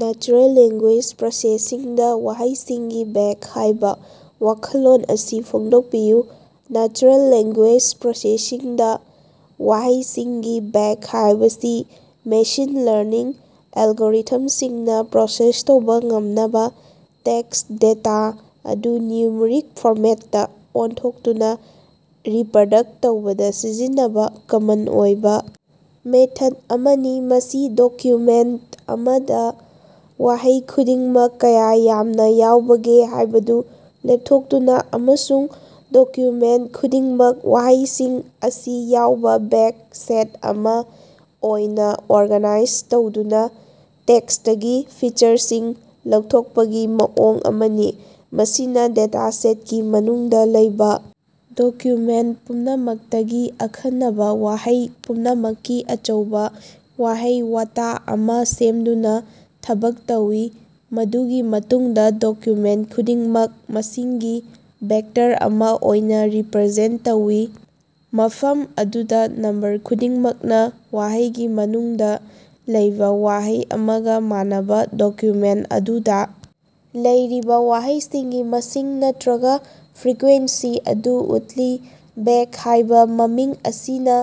Natural language ꯄ꯭ꯔꯣꯁꯦꯁꯤꯡꯗꯥ ꯋꯥꯍꯩꯁꯤꯡꯒꯤ bag ꯍꯥꯏꯕ ꯋꯥꯈꯜꯂꯣꯟ ꯑꯁꯤ ꯐꯣꯡꯗꯣꯛꯄꯤꯌꯨ꯫ ꯅꯦꯆꯔꯦꯜ ꯂꯦꯡꯒꯨꯌꯦꯖ ꯄ꯭ꯔꯣꯁꯦꯁꯤꯡ ꯗꯥ ꯋꯥꯍꯩꯁꯤꯡꯒꯤ ꯕꯦꯒ ꯍꯥꯏꯕꯁꯤ ꯃꯦꯁꯤꯟ ꯂꯔꯅꯤꯡ ꯑꯦꯜꯒꯣꯔꯤꯊꯝꯁꯤꯡꯅ ꯄ꯭ꯔꯣꯁꯦꯁ ꯇꯧꯕ ꯉꯝꯅꯕ ꯇꯦꯛꯁ ꯗꯦꯇꯥ ꯑꯗꯨ ꯅ꯭ꯌꯨꯃꯔꯤꯛ ꯐꯣꯔꯃꯦꯠꯇꯥ ꯑꯣꯟꯊꯣꯛꯇꯨꯅ ꯔꯤꯄꯔꯗꯛ ꯇꯧꯕꯗ ꯁꯤꯖꯤꯟꯅꯕ ꯀꯃꯟ ꯑꯣꯏꯕ ꯃꯦꯊꯗ ꯑꯃꯅꯤ꯫ ꯃꯁꯤ ꯗꯣꯀ꯭ꯌꯨꯃꯦꯟ ꯑꯃꯗ ꯋꯥꯍꯩ ꯈꯨꯗꯤꯡꯃꯛ ꯀꯌꯥ ꯌꯥꯝꯅ ꯌꯥꯎꯕꯒꯦ ꯍꯥꯏꯕꯗꯨ ꯂꯦꯞꯊꯣꯛꯇꯨꯅ, ꯑꯃꯁꯨꯡ ꯗꯣꯀ꯭ꯌꯨꯃꯦꯟ ꯈꯨꯗꯤꯡꯃꯛ ꯋꯥꯍꯩꯁꯤꯡ ꯑꯁꯤ ꯌꯥꯎꯕꯥ ꯕꯦꯒ ꯁꯦꯠ ꯑꯃꯥ ꯑꯣꯏꯅꯥ ꯑꯣꯔꯒꯥꯅꯥꯏꯖ ꯇꯧꯗꯨꯅ ꯇꯦꯛꯁꯇꯒꯤ ꯐꯤꯆꯔꯁꯤꯡ ꯂꯧꯊꯣꯛꯄꯒꯤ ꯃꯑꯣꯡ ꯑꯃꯅꯤ꯫ ꯃꯁꯤꯅ ꯗꯦꯇꯥꯁꯦꯠꯀꯤ ꯃꯅꯨꯡꯗ ꯂꯩꯕꯥ ꯗꯣꯀ꯭ꯌꯨꯃꯦꯟ ꯄꯨꯝꯅꯃꯛꯇꯒꯤ ꯑꯈꯟꯅꯕ ꯋꯥꯍꯩ ꯄꯨꯝꯅꯃꯛꯀꯤ ꯑꯆꯧꯕ ꯋꯥꯍꯩ-ꯋꯥꯇꯥ ꯑꯃꯥ ꯁꯦꯝꯗꯨꯅ ꯊꯕꯛ ꯇꯧꯏ, ꯃꯗꯨꯒꯤ ꯃꯇꯨꯡꯗ ꯗꯣꯀ꯭ꯌꯨꯃꯦꯟ ꯈꯨꯗꯤꯡꯃꯛ ꯃꯁꯤꯡꯒꯤ ꯚꯦꯛꯇꯔ ꯑꯃꯥ ꯑꯣꯏꯅꯥ ꯔꯤꯄꯔꯖꯦꯟ ꯇꯧꯏ, ꯃꯐꯝ ꯑꯗꯨꯗ ꯅꯝꯕꯔ ꯈꯨꯗꯤꯡꯃꯛꯅ ꯋꯥꯍꯩꯒꯤ ꯃꯅꯨꯡꯗ ꯂꯩꯕꯥ ꯋꯥꯍꯩ ꯑꯃꯒ ꯃꯥꯟꯅꯕ ꯗꯣꯀ꯭ꯌꯨꯃꯦꯟ ꯑꯗꯨꯗꯥ ꯂꯩꯔꯤꯕ ꯋꯥꯍꯩꯁꯤꯡꯒꯤ ꯃꯁꯤꯡ ꯅꯠꯇꯔꯒ ꯐ꯭ꯔꯤꯀ꯭ꯋ‌ꯦꯟꯁꯤ ꯑꯗꯨ ꯎꯠꯂꯤ꯫ ꯕꯦꯒ ꯍꯥꯏꯕ ꯃꯃꯤꯡ ꯑꯁꯤꯅ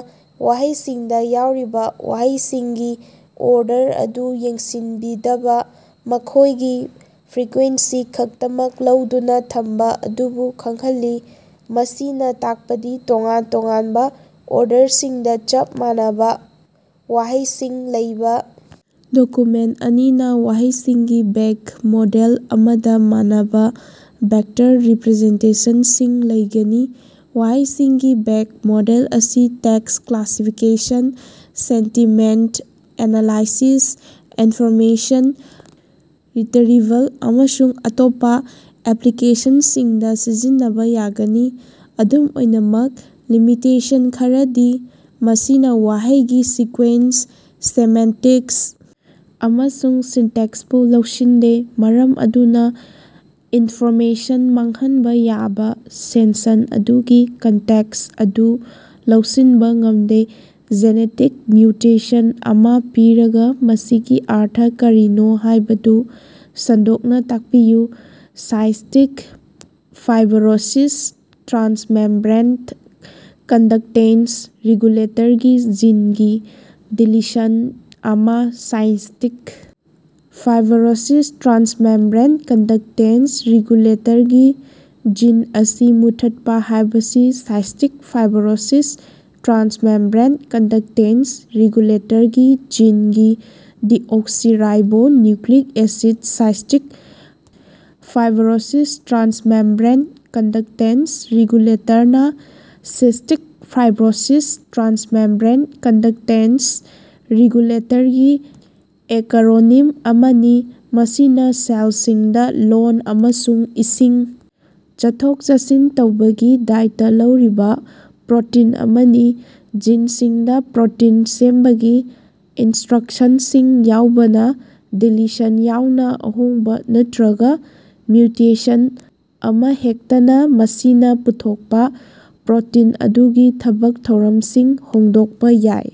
ꯋꯥꯍꯩꯁꯤꯡꯗ ꯌꯥꯎꯔꯤꯕ ꯋꯥꯍꯩꯁꯤꯡꯒꯤ ꯑꯣꯔꯗꯔ ꯑꯗꯨ ꯌꯦꯡꯁꯤꯟꯕꯤꯗꯕ, ꯃꯈꯣꯏꯒꯤ ꯐ꯭ꯔꯤꯀ꯭ꯋ‌ꯦꯟꯁꯤ ꯈꯛꯇꯃꯛ ꯂꯧꯗꯨꯅ ꯊꯝꯕ ꯑꯗꯨꯕꯨ ꯈꯪꯍꯜꯂꯤ꯫ ꯃꯁꯤꯅ ꯇꯥꯛꯄꯗꯤ ꯇꯣꯉꯥꯟ ꯇꯣꯉꯥꯟꯕ ꯑꯣꯔꯗꯔꯁꯤꯡꯗ ꯆꯞ ꯃꯥꯟꯅꯕ ꯋꯥꯍꯩꯁꯤꯡ ꯂꯩꯕ ꯗꯣꯀꯨꯃꯦꯟ ꯑꯅꯤꯅ ꯋꯥꯍꯩꯁꯤꯡꯒꯤ ꯕꯦꯒ ꯃꯣꯗꯦꯜ ꯑꯃꯗ ꯃꯥꯟꯅꯕ ꯚꯦꯛꯇꯔ ꯔꯤꯄꯔꯖꯦꯟꯇꯦꯁꯟꯁꯤꯡ ꯂꯩꯒꯅꯤ꯫ ꯋꯥꯍꯩꯁꯤꯡꯒꯤ ꯕꯦꯒ ꯃꯣꯗꯦꯜ ꯑꯁꯤ text classification, sentiment analysis, information retrieval ꯑꯃꯁꯨꯡ ꯑꯇꯣꯞꯄ ꯑꯦꯄꯂꯤꯀꯦꯁꯟꯁꯤꯡꯗꯥ ꯁꯤꯖꯤꯟꯅꯕ ꯌꯥꯒꯅꯤ꯫ ꯑꯗꯨꯝ ꯑꯣꯏꯅꯃꯛ, ꯂꯤꯃꯤꯇꯦꯁꯟ ꯈꯔꯗꯤ ꯃꯁꯤꯅꯥ ꯋꯥꯍꯩꯒꯤ ꯁꯤꯀ꯭ꯋ‌ꯦꯟꯁ, ꯁꯦꯃꯦꯟꯇꯤꯛꯁ ꯑꯃꯁꯨꯡ ꯁꯤꯟꯇꯦꯛꯁꯄꯨ ꯂꯧꯁꯤꯟꯗꯦ ꯃꯔꯝ ꯑꯗꯨꯅ ꯏꯟꯐꯣꯔꯃꯦꯁꯟ ꯃꯥꯡꯍꯟꯕ ꯌꯥꯕꯥ ꯁꯦꯟꯁꯟ ꯑꯗꯨꯒꯤ ꯀꯟꯇꯦꯛꯁ ꯑꯗꯨ ꯂꯧꯁꯤꯟꯕ ꯉꯝꯗꯦ꯫ ꯖꯦꯅꯦꯇꯤꯛ ꯃ꯭ꯌꯨꯇꯦꯁꯟ ꯑꯃꯥ ꯄꯤꯔꯒ, ꯃꯁꯤꯒꯤ ꯑꯔꯊ ꯀꯔꯤꯅꯣ ꯍꯥꯏꯕꯗꯨ ꯁꯟꯗꯣꯛꯅ ꯇꯥꯛꯄꯤꯌꯨ꯫ ꯁꯥꯏꯁꯇꯤꯛ ꯐꯥꯏꯕꯔ‌ꯣꯁꯤꯁ ꯇ꯭ꯔꯥꯁꯃ‌ꯦꯝꯕ꯭ꯔ‌ꯦꯟ ꯀꯟꯗꯛꯇ‌ꯦꯁ ꯔꯤꯒꯨꯂ‌ꯦꯇꯔꯒꯤ ꯖꯤꯟꯒꯤ ꯗꯤꯂꯤꯁꯟ ꯑꯃꯥ꯫ ꯁꯥꯏꯁꯇꯤꯛ ꯐꯥꯏꯕꯔ‌ꯣꯁꯤꯁ ꯇ꯭ꯔꯥꯁꯃ‌ꯦꯝꯕ꯭ꯔ‌ꯦꯟ ꯀꯟꯗꯛꯇ‌ꯦꯟꯁ ꯔꯤꯒꯨꯂ‌ꯦꯇꯔꯒꯤ ꯖꯤꯟ ꯑꯁꯤ ꯃꯨꯠꯊꯠꯄ ꯍꯥꯏꯕꯁꯤꯅ ꯁꯥꯏꯁꯇꯤꯛ ꯐꯥꯏꯕꯔ‌ꯣꯁꯤꯁ ꯇ꯭ꯔꯥꯁꯃ‌ꯦꯝꯕ꯭ꯔ‌ꯦꯟ ꯀꯟꯗꯛꯇ‌ꯦꯟꯁ ꯔꯤꯒꯨꯂ‌ꯦꯇꯔꯒꯤ ꯖꯤꯟꯒꯤ deoxyribonucleic acid cystic fibrosis transmembrane conductance ꯔꯤꯒꯨꯂ‌ꯦꯇꯔꯅꯥ ꯁꯤꯁ꯭ꯇꯤꯛ ꯐꯥꯏꯕ꯭ꯔꯣꯁꯤꯁ ꯇ꯭ꯔꯥꯟꯁꯃꯦꯝꯕ꯭ꯔꯦꯟ ꯀꯟꯗꯛꯇ‌ꯦꯟꯁ ꯔꯤꯒꯨꯂꯦꯇꯔꯒꯤ ꯑꯦꯀꯔꯣꯅꯤꯝ ꯑꯃꯅꯤ, ꯃꯁꯤꯅ ꯁꯦꯜꯁꯤꯡꯗ ꯂꯣꯟ ꯑꯃꯁꯨꯡ ꯏꯁꯤꯡ ꯆꯠꯊꯣꯛ-ꯆꯠꯁꯤꯟ ꯇꯧꯕꯒꯤ ꯗꯥꯏꯇ ꯂꯧꯔꯤꯕꯥ ꯄ꯭ꯔꯣꯇꯤꯟ ꯑꯃꯅꯤ꯫ ꯖꯤꯟꯁꯤꯡꯗ ꯄ꯭ꯔꯣꯇꯤꯟ ꯁꯦꯝꯕꯒꯤ ꯏꯟꯁ꯭ꯇꯔꯛꯁꯟꯁꯤꯡ ꯌꯥꯎꯕꯅ, ꯗꯤꯂꯤꯁꯟ ꯌꯥꯎꯅ ꯑꯍꯣꯡꯕ ꯅꯠꯇꯔꯒ ꯃ꯭ꯌꯨꯇꯦꯁꯟ ꯑꯃꯍꯦꯛꯇꯅ ꯃꯁꯤꯅ ꯄꯨꯊꯣꯛꯄꯥ ꯄ꯭ꯔꯣꯇꯤꯟ ꯑꯗꯨꯒꯤ ꯊꯕꯛ ꯊꯧꯔꯝꯁꯤꯡ ꯍꯣꯡꯗꯣꯛꯄ ꯌꯥꯏ꯫